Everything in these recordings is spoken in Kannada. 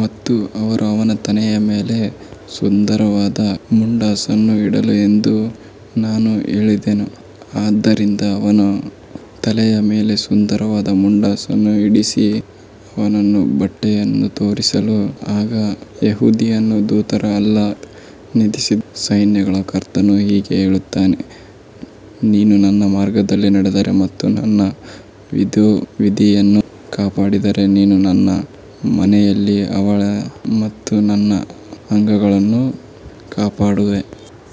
ಮತ್ತು ಅವರು ಅವನ ತಲೆಯ ಮೇಲೆ ಸುಂದರವಾದ ಮುಂಡಾಸನ್ನು ಇಡಲಿ ಎಂದು ನಾನು ಹೇಳಿದೆನು. ಆದ್ದರಿಂದ ಅವರು ಅವನ ತಲೆಯ ಮೇಲೆ ಸುಂದರವಾದ ಮುಂಡಾಸನ್ನು ಇರಿಸಿ ಅವನಿಗೆ ಬಟ್ಟೆಗಳನ್ನು ತೊಡಿಸಿದರು. ಆಗ ಯೆಹೋವನ ದೂತನು ಅಲ್ಲಿ ನಿಂತಿದ್ದನು. ಸೈನ್ಯಗಳ ಕರ್ತನು ಹೀಗೆ ಹೇಳುತ್ತಾನೆ, ನೀನು ನನ್ನ ಮಾರ್ಗಗಳಲ್ಲಿ ನಡೆದರೆ ಮತ್ತು ನನ್ನ ವಿಧಿಯನ್ನು ಕಾಪಾಡಿದರೆ, ನೀನು ನನ್ನ ಮನೆಯನ್ನು ಆಳುವೆ ಮತ್ತು ನನ್ನ ಅಂಗಳಗಳನ್ನು ಕಾಪಾಡುವೆ.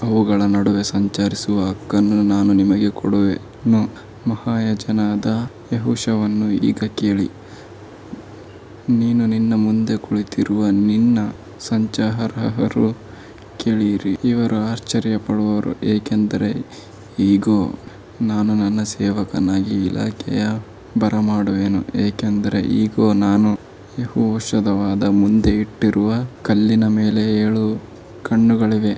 ಇವುಗಳ ನಡುವೆ ಸಂಚರಿಸುವ ಹಕ್ಕನ್ನು ನಾನು ನಿನಗೆ ಕೊಡುವೆನು. ಮಹಾಯಾಜಕನಾದ ಯೆಹೋಶುವನೇ, ಈಗ ಕೇಳು. ನೀನೂ ನಿನ್ನ ಮುಂದೆ ಕುಳಿತಿರುವ ನಿನ್ನ ಸಹಚರರೂ ಕೇಳಿರಿ. ಅವರು ಆಶ್ಚರ್ಯಪಡುವರು, ಏಕೆಂದರೆ ಇಗೋ, ನಾನು ನನ್ನ ಸೇವಕನಾದ ಶಾಖೆಯನ್ನು ಬರಮಾಡುವೆನು. ಯಾಕಂದರೆ ಇಗೋ, ನಾನು ಯೆಹೋಶುವನ ಮುಂದೆ ಇಟ್ಟಿರುವ ಕಲ್ಲಿನ ಮೇಲೆ ಏಳು ಕಣ್ಣುಗಳಿವೆ.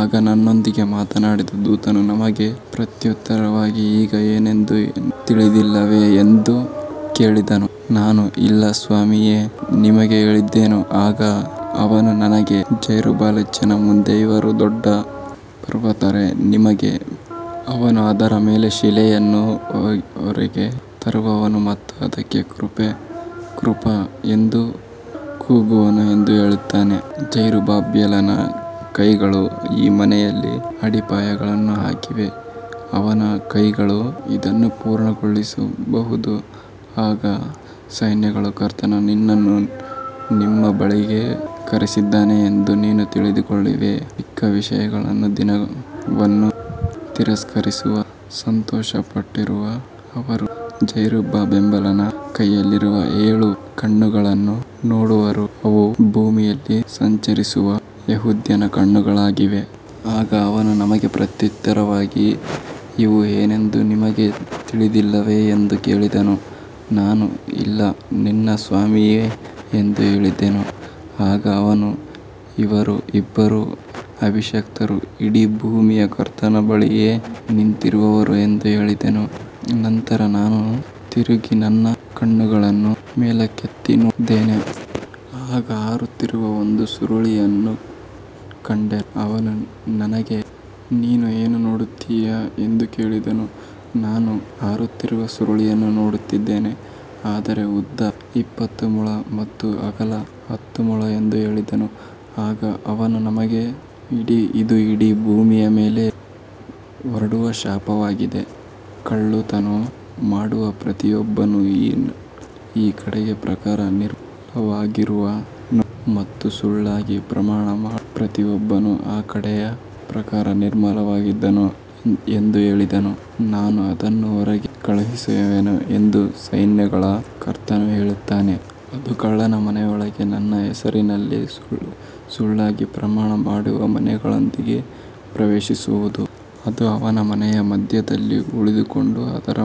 ಆಗ ನನ್ನೊಂದಿಗೆ ಮಾತನಾಡಿದ ದೂತನು ನನಗೆ ಪ್ರತ್ಯುತ್ತರವಾಗಿ, ಇವು ಏನೆಂದು ನಿನಗೆ ತಿಳಿದಿಲ್ಲವೇ ಎಂದು ಕೇಳಿದನು. ನಾನು, ಇಲ್ಲ, ನನ್ನ ಸ್ವಾಮಿಯೇ ಎಂದು ಹೇಳಿದೆನು. ಆಗ ಅವನು ನನಗೆ, ಜೆರುಬ್ಬಾಬೆಲನ ಮುಂದೆ ಇರುವ ದೊಡ್ಡ ಪರ್ವತವೇ, ನೀನು ಬಯಲು ಪ್ರದೇಶವಾಗುವಿ. ಅವನು ಅದರ ಮೇಲಿನ ಶಿಲೆಯನ್ನು ಹೊರಗೆ ತರುವನು ಮತ್ತು ಅದಕ್ಕೆ ಕೃಪೆ, ಕೃಪೆ ಎಂದು ಕೂಗುವನು ಎಂದು ಹೇಳಿದನು. ಜೆರುಬ್ಬಾಬೆಲನ ಕೈಗಳು ಈ ಮನೆಯ ಅಡಿಪಾಯವನ್ನು ಹಾಕಿವೆ, ಅವನ ಕೈಗಳೇ ಅದನ್ನು ಪೂರ್ಣಗೊಳಿಸುವವು. ಆಗ ಸೈನ್ಯಗಳ ಕರ್ತನು ನನ್ನನ್ನು ನಿಮ್ಮ ಬಳಿಗೆ ಕಳುಹಿಸಿದ್ದಾನೆ ಎಂದು ನೀನು ತಿಳಿದುಕೊಳ್ಳುವಿ. ಚಿಕ್ಕ ವಿಷಯಗಳ ದಿನವನ್ನು ತಿರಸ್ಕರಿಸಿದವರು ಸಂತೋಷಪಡುವರು. ಅವರು ಜೆರುಬ್ಬಾಬೆಲನ ಕೈಯಲ್ಲಿರುವ ಏಳು ಕಣ್ಣುಗಳನ್ನು ನೋಡುವರು. ಅವು ಇಡೀ ಭೂಮಿಯಲ್ಲಿ ಸಂಚರಿಸುವ ಯೆಹೋವನ ಕಣ್ಣುಗಳಾಗಿವೆ. ಆಗ ಅವನು ನನಗೆ ಪ್ರತ್ಯುತ್ತರವಾಗಿ, ಇವು ಏನೆಂದು ನಿನಗೆ ತಿಳಿದಿಲ್ಲವೇ ಎಂದು ಕೇಳಿದನು. ನಾನು, ಇಲ್ಲ, ನನ್ನ ಸ್ವಾಮಿಯೇ ಎಂದು ಹೇಳಿದೆನು. ಆಗ ಆತನು, ಇವರು ಇಬ್ಬರು ಅಭಿಷಿಕ್ತರು, ಇಡೀ ಭೂಮಿಯ ಕರ್ತನ ಬಳಿಯಲ್ಲಿ ನಿಂತಿರುವವರು ಎಂದು ಹೇಳಿದನು. ನಂತರ ನಾನು ತಿರುಗಿ ನನ್ನ ಕಣ್ಣುಗಳನ್ನು ಮೇಲಕ್ಕೆತ್ತಿ ನೋಡಿದೆನು. ಆಗ ಹಾರುತ್ತಿರುವ ಒಂದು ಸುರುಳಿಯನ್ನು ಕಂಡೆನು. ಅವನು ನನಗೆ, ನೀನು ಏನು ನೋಡುತ್ತೀಯೆ ಎಂದು ಕೇಳಿದನು. ನಾನು, ಹಾರುತ್ತಿರುವ ಸುರುಳಿಯನ್ನು ನೋಡುತ್ತೇನೆ. ಅದರ ಉದ್ದ ಇಪ್ಪತ್ತು ಮೊಳ ಮತ್ತು ಅದರ ಅಗಲ ಹತ್ತು ಮೊಳ ಎಂದು ಹೇಳಿದೆನು. ಆಗ ಅವನು ನನಗೆ, ಇದು ಇಡೀ ಭೂಮಿಯ ಮೇಲೆ ಹೊರಡುವ ಶಾಪವಾಗಿದೆ. ಕಳ್ಳತನ ಮಾಡುವ ಪ್ರತಿಯೊಬ್ಬನೂ ಈ ಕಡೆಯ ಪ್ರಕಾರ ನಿರ್ಮೂಲವಾಗುವನು ಮತ್ತು ಸುಳ್ಳಾಗಿ ಪ್ರಮಾಣ ಮಾಡುವ ಪ್ರತಿಯೊಬ್ಬನೂ ಆ ಕಡೆಯ ಪ್ರಕಾರ ನಿರ್ಮೂಲವಾಗುವನು ಎಂದು ಹೇಳಿದನು. ನಾನು ಅದನ್ನು ಹೊರಗೆ ಕಳುಹಿಸುವೆನು ಎಂದು ಸೈನ್ಯಗಳ ಕರ್ತನು ಹೇಳುತ್ತಾನೆ. ಅದು ಕಳ್ಳನ ಮನೆಯೊಳಗೂ ನನ್ನ ಹೆಸರಿನಲ್ಲಿ ಸುಳ್ಳಾಗಿ ಪ್ರಮಾಣ ಮಾಡುವವನ ಮನೆಯೊಳಗೂ ಪ್ರವೇಶಿಸುವುದು. ಅದು ಅವನ ಮನೆಯ ಮಧ್ಯದಲ್ಲಿ ಉಳಿದುಕೊಂಡು ಅದರ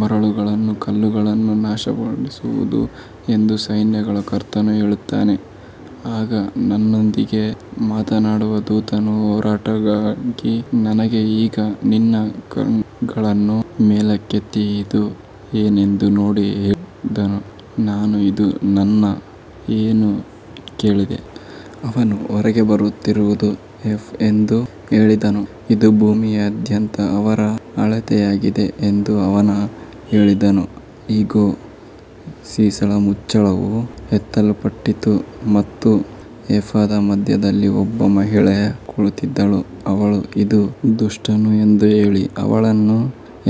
ಮರಗಳನ್ನೂ ಕಲ್ಲುಗಳನ್ನೂ ನಾಶಮಾಡುವುದು ಎಂದು ಸೈನ್ಯಗಳ ಕರ್ತನು ಹೇಳುತ್ತಾನೆ. ಆಗ ನನ್ನೊಂದಿಗೆ ಮಾತನಾಡಿದ ದೂತನು ಹೊರಟುಹೋಗಿ ನನಗೆ, ಈಗ ನಿನ್ನ ಕಣ್ಣುಗಳನ್ನು ಮೇಲಕ್ಕೆತ್ತಿ ಇದು ಏನೆಂದು ನೋಡು ಎಂದು ಹೇಳಿದನು. ನಾನು, ಇದು ಏನು ಎಂದು ಕೇಳಿದೆನು. ಅವನು, ಹೊರಗೆ ಬರುತ್ತಿರುವುದು ಏಫಾ ಎಂದು ಹೇಳಿದನು. ಇದು ಭೂಮಿಯಾದ್ಯಂತ ಅವರ ಅಳತೆಯಾಗಿದೆ ಎಂದು ಅವನು ಹೇಳಿದನು. ಇಗೋ, ಸೀಸದ ಮುಚ್ಚಳವು ಎತ್ತಲ್ಪಟ್ಟಿತು ಮತ್ತು ಏಫಾದ ಮಧ್ಯದಲ್ಲಿ ಒಬ್ಬ ಮಹಿಳೆ ಕುಳಿತಿದ್ದಳು. ಅವನು, ಇದು ದುಷ್ಟತನ ಎಂದು ಹೇಳಿ ಅವಳನ್ನು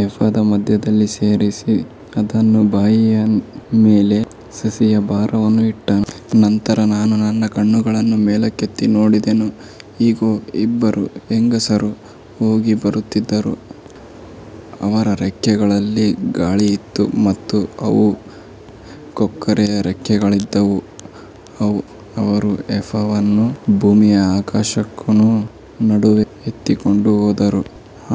ಏಫಾದ ಮಧ್ಯದಲ್ಲಿ ಎಸೆದು, ಅದರ ಬಾಯಿಯ ಮೇಲೆ ಸೀಸದ ಭಾರವನ್ನು ಇಟ್ಟನು. ನಂತರ ನಾನು ನನ್ನ ಕಣ್ಣುಗಳನ್ನು ಮೇಲಕ್ಕೆತ್ತಿ ನೋಡಿದೆನು. ಇಗೋ, ಇಬ್ಬರು ಹೆಂಗಸರು ಹೊರಗೆ ಬರುತ್ತಿದ್ದರು. ಅವರ ರೆಕ್ಕೆಗಳಲ್ಲಿ ಗಾಳಿಯಿತ್ತು ಮತ್ತು ಅವು ಕೊಕ್ಕರೆಯ ರೆಕ್ಕೆಗಳಂತಿದ್ದವು. ಅವರು ಏಫಾವನ್ನು ಭೂಮಿಗೂ ಆಕಾಶಕ್ಕೂ ನಡುವೆ ಎತ್ತಿಕೊಂಡು ಹೋದರು.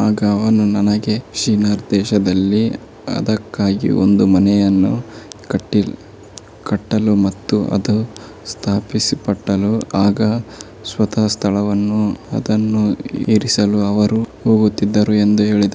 ಆಗ ಅವನು ನನಗೆ, ಶಿನಾರ್ ದೇಶದಲ್ಲಿ ಅದಕ್ಕಾಗಿ ಒಂದು ಮನೆಯನ್ನು ಕಟ್ಟಲು ಮತ್ತು ಅದು ಸ್ಥಾಪಿಸಲ್ಪಟ್ಟಾಗ ಅದರ ಸ್ವಂತ ಸ್ಥಳದಲ್ಲಿ ಅದನ್ನು ಇರಿಸಲು ಅವರು ಹೋಗುತ್ತಿದ್ದಾರೆ ಎಂದು ಹೇಳಿದನು.